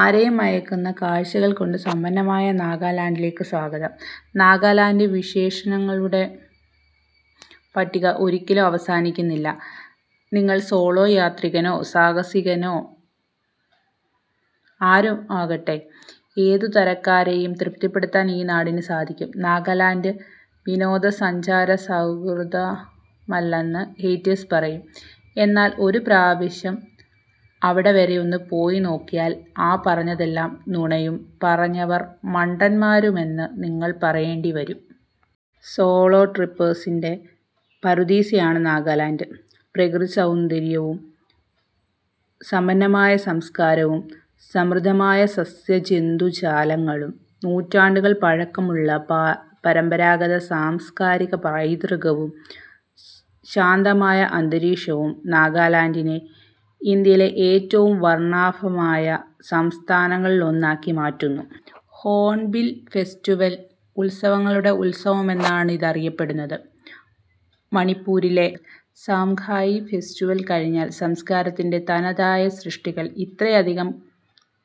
ആരേയും മയക്കുന്ന കാഴ്ച്ചകൾ കൊണ്ട് സമ്പന്നമായ നാഗാലാൻഡിലേക്ക് സ്വാഗതം. നാഗാലാന്റ് വിശേഷങ്ങളുടെ പട്ടിക ഒരിക്കലും അവസാനിക്കുന്നില്ല. നിങ്ങൾ സോളോ യാത്രികനോ സാഹസികനോ ആരുമാകട്ടെ ഏതുതരക്കാരേയും തൃപ്തിപ്പെടുത്താൻ ഈ നാടിന് സാധിക്കും. നാഗാലാന്റ് വിനോദസഞ്ചാര സൗഹൃദമല്ലെന്ന് ഹേറ്റേഴ്സ് പറയും. എന്നാൽ ഒരു പ്രാവശ്യം അവിടെ വരെയൊന്ന് പോയി നോക്കിയാൽ ആ പറയുന്നതെല്ലാം നുണയും പറഞ്ഞവർ മണ്ടന്മാരുമെന്ന് നിങ്ങൾക്ക് പറയേണ്ടിവരും. സോളോ ട്രിപ്പേഴ്സിന്റെ പറുദീസയാണ് നാഗാലാൻഡ്. പ്രകൃതി സൗന്ദര്യവും സമ്പന്നമായ സംസ്കാരവും സമൃദ്ധമായ സസ്യജന്തുജാലങ്ങളും നൂറ്റാണ്ടുകൾ പഴക്കമുള്ള പരമ്പരാഗത സാംസ്കാരിക പൈതൃകവും, ശാന്തമായ അന്തരീക്ഷവും നാഗാലാന്റിനെ ഇന്ത്യയിലെ ഏറ്റവും വർണ്ണാഭമായ സംസ്ഥാനങ്ങളിലൊന്നാക്കി മാറ്റുന്നു. ഹോൺബിൽ ഫെസ്റ്റിവൽ ഉത്സവങ്ങളുടെ ഉത്സവമെന്നാണ് ഇതറിയപ്പെടുന്നത്. മണിപ്പുരിലെ സാംഗായ് ഫെസ്റ്റിവൽ കഴിഞ്ഞാൽ സംസ്കാരത്തിന്റെ തനതായ സൃഷ്ടികൾ ഇത്രയധികം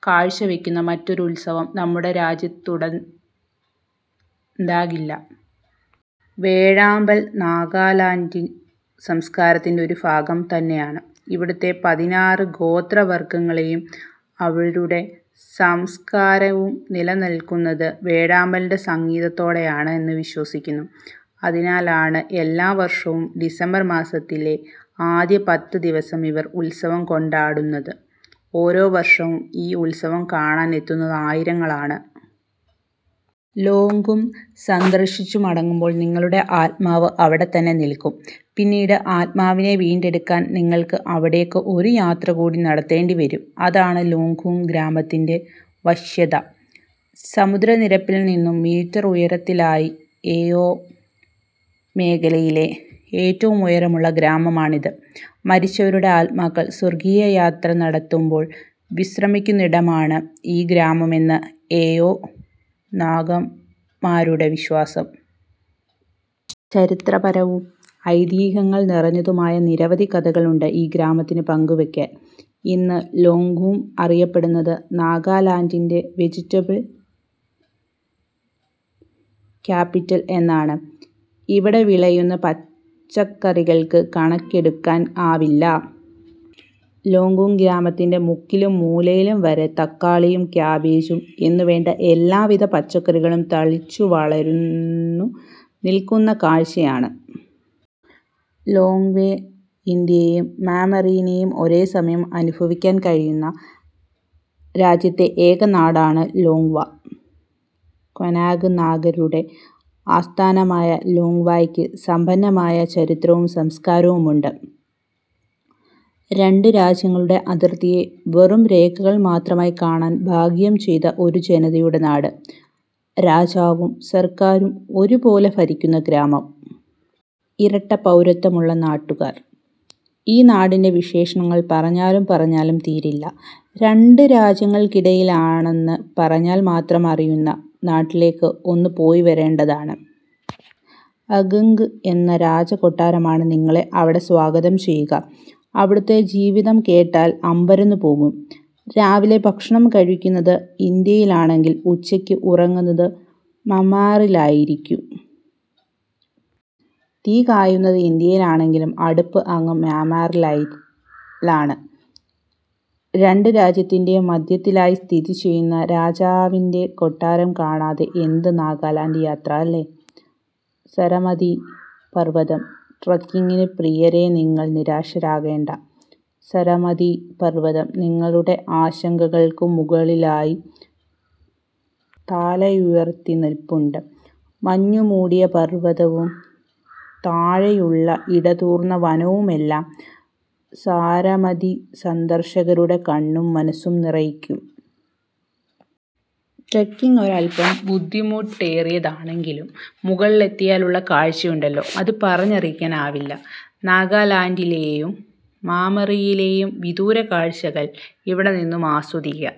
കാഴ്ചവയ്ക്കുന്ന മറ്റൊരു ഉത്സവം നമ്മുടെ രാജ്യത്തുണ്ടാകില്ല. വേഴാമ്പൽ നാഗാലാന്റ് സംസ്കാരത്തിന്റെ ഒരു ഭാഗം തന്നെയാണ്. ഇവിടുത്തെ പതിനാറ് ഗോത്രവർഗ്ഗങ്ങളും അവരുടെ സംസ്കാരവും നിലനിൽക്കുന്നത് വേഴാമ്പലിന്റെ സംഗീതത്താലാണ് എന്ന് വിശ്വസിക്കുന്നു. അതിനാലാണ് എല്ലാ വർഷവും ഡിസംബർ മാസത്തിലെ ആദ്യത്തെ പത്തുദിവസം ഇവർ ഉത്സവം കൊണ്ടാടുന്നത്. ഓരോ വർഷവും ഈ ഉത്സവം കാണാൻ എത്തുന്നത് ആയിരങ്ങളാണ്. ലോങ്ങ്ഖും സന്ദർശിച്ചു മടങ്ങുമ്പോൾ നിങ്ങളുടെ ആത്മാവ് അവിടെ തന്നെ നിൽക്കും. പിന്നീട് ആത്മാവിനെ വീണ്ടെടുക്കാൻ നിങ്ങൾക്ക് അവിടേയ്ക്ക് ഒരു യാത്രകൂടി നടത്തേണ്ടിവരും അതാണ് ലോങ്ങ്ഖും ഗ്രാമത്തിന്റെ വശ്യത. സമുദ്രനിരപ്പിൽ നിന്നും മീറ്റർ ഉയരത്തിലായി എഓ മേഖലയിലെ ഏറ്റവും ഉയരമുള്ള ഗ്രാമമാണിത്. മരിച്ചവരുടെ ആത്മാക്കൾ സ്വർഗീയ യാത്ര നടത്തുമ്പോൾ വിശ്രമിക്കുന്നയിടമാണ് ഈ ഗ്രാമമെന്നാണ് എഓ നാഗന്മാരുടെ വിശ്വാസം. ചരിത്രപരവും ഐതിഹ്യങ്ങൾ നിറഞ്ഞതുമായ നിരവധി കഥകളുണ്ട് ഈ ഗ്രാമത്തിന് പങ്കുവയ്ക്കാൻ. ഇന്ന് ലോങ്ങ്ഖും അറിയപ്പെടുന്നത് നാഗാലാന്റിന്റെ ' വെജിറ്റബിൾ ക്യാപിറ്റൽ ' എന്നാണ്. ഇവിടെ വിളയുന്ന പച്ചകറികൾക്ക് കണക്കിടാൻ ആവില്ല. ലോങ്ങ്ഖും ഗ്രാമത്തിന്റെ മുക്കിലും മൂലയിലും വരെ തക്കാളിയും കാബേജും എന്നുവേണ്ട എല്ലാവിധ പച്ചക്കറികളും തഴച്ചുവളർന്നു നിൽക്കുന്ന കാഴ്ചയാണ്. ലോങ്വ ഇന്ത്യയെയും മ്യാന്മറിനെയും ഒരേസമയം അനുഭവിക്കാൻ കഴിയുന്ന രാജ്യത്തെ ഏക നാടാണ് ലോങ്ങ് വാ. കൊന്യാക് നാഗരുടെ ആസ്ഥാനമായ ലോങ്ങ് വായ്ക്ക് സമ്പന്നമായ ചരിത്രവും സംസ്കാരവുമുണ്ട്. രണ്ട് രാജ്യങ്ങളുടെ അതിർത്തിയെ വെറും രേഖകൾ മാത്രമായി കാണാൻ ഭാഗ്യം ചെയ്ത ഒരു ജനതയുടെ നാട്. രാജാവും സർക്കാരും ഒരുപോലെ ഭരിക്കുന്ന ഗ്രാമം. ഇരട്ടപൗരത്വമുള്ള നാട്ടുകാർ. ഈ നാടിന്റെ വിശേഷങ്ങൾ പറഞ്ഞാലും പറഞ്ഞാലും തീരില്ല. രണ്ട് രാജ്യങ്ങൾക്കിടയിലാണെന്ന് പറഞ്ഞാൽ മാത്രം അറിയുന്ന നാട്ടിലേക്ക് ഒന്ന് പോയിവരണ്ടേതാണ്. അങ്ഖ് എന്ന രാജാകൊട്ടാരമാണ് നിങ്ങളെ ഇവിടെ സ്വാഗതം ചെയ്യുക. ഇവിടുത്തെ ജീവിതം കേട്ടാൽ അമ്പരന്നുപോകും. രാവിലെ ഭക്ഷണം കഴിക്കുന്നത് ഇന്ത്യയിലാണെങ്കിൽ ഉച്ചയ്ക്ക് ഉറങ്ങുന്നത് മ്യാന്മാറിലായിരിക്കും. തീ കായുന്നത് ഇന്ത്യയിലാണെങ്കിലും അടുപ്പ് അങ്ങ് മ്യാന്മാറിലാണ്. രണ്ട് രാജ്യത്തിന്റെ മധ്യത്തിലായി സ്ഥിതിചെയ്യുന്ന രാജാവിന്റെ കൊട്ടാരം കാണാതെ എന്ത് നാഗാലാന്റ് യാത്ര അല്ലേ. സരാമതി പർവ്വതം ട്രക്കിംഗ് പ്രിയരെ നിങ്ങൾ നിരാശരാകേണ്ട. സരാമതി പർവ്വതം നിങ്ങളുടെ ആശകൾക്കും മുകളിലായി താലയുയർത്തി നിൽപ്പുണ്ട്. മഞ്ഞുമൂടിയ പർവ്വതവും താഴെയുള്ള ഇടതൂർന്ന വനവുമെല്ലാം സാരമതിസന്ദർഷകരുടെ കണ്ണും മനസ്സും നിറയ്ക്കും. ട്രക്കിംഗ് ഒരൽപ്പം ബുദ്ധിമുട്ടേറിയതാണെങ്കിലും മുകളിലെത്തിയാലുള്ള കാഴ്ചയുണ്ടല്ലോ അത് പറഞ്ഞറിയിക്കാനാവില്ല. നാഗാലാന്റിലേയും മ്യാന്മാറിലേയും വിദൂരകാഴ്ച്ചകൾ ഇവിടെനിന്നും ആസ്വദിക്കാം.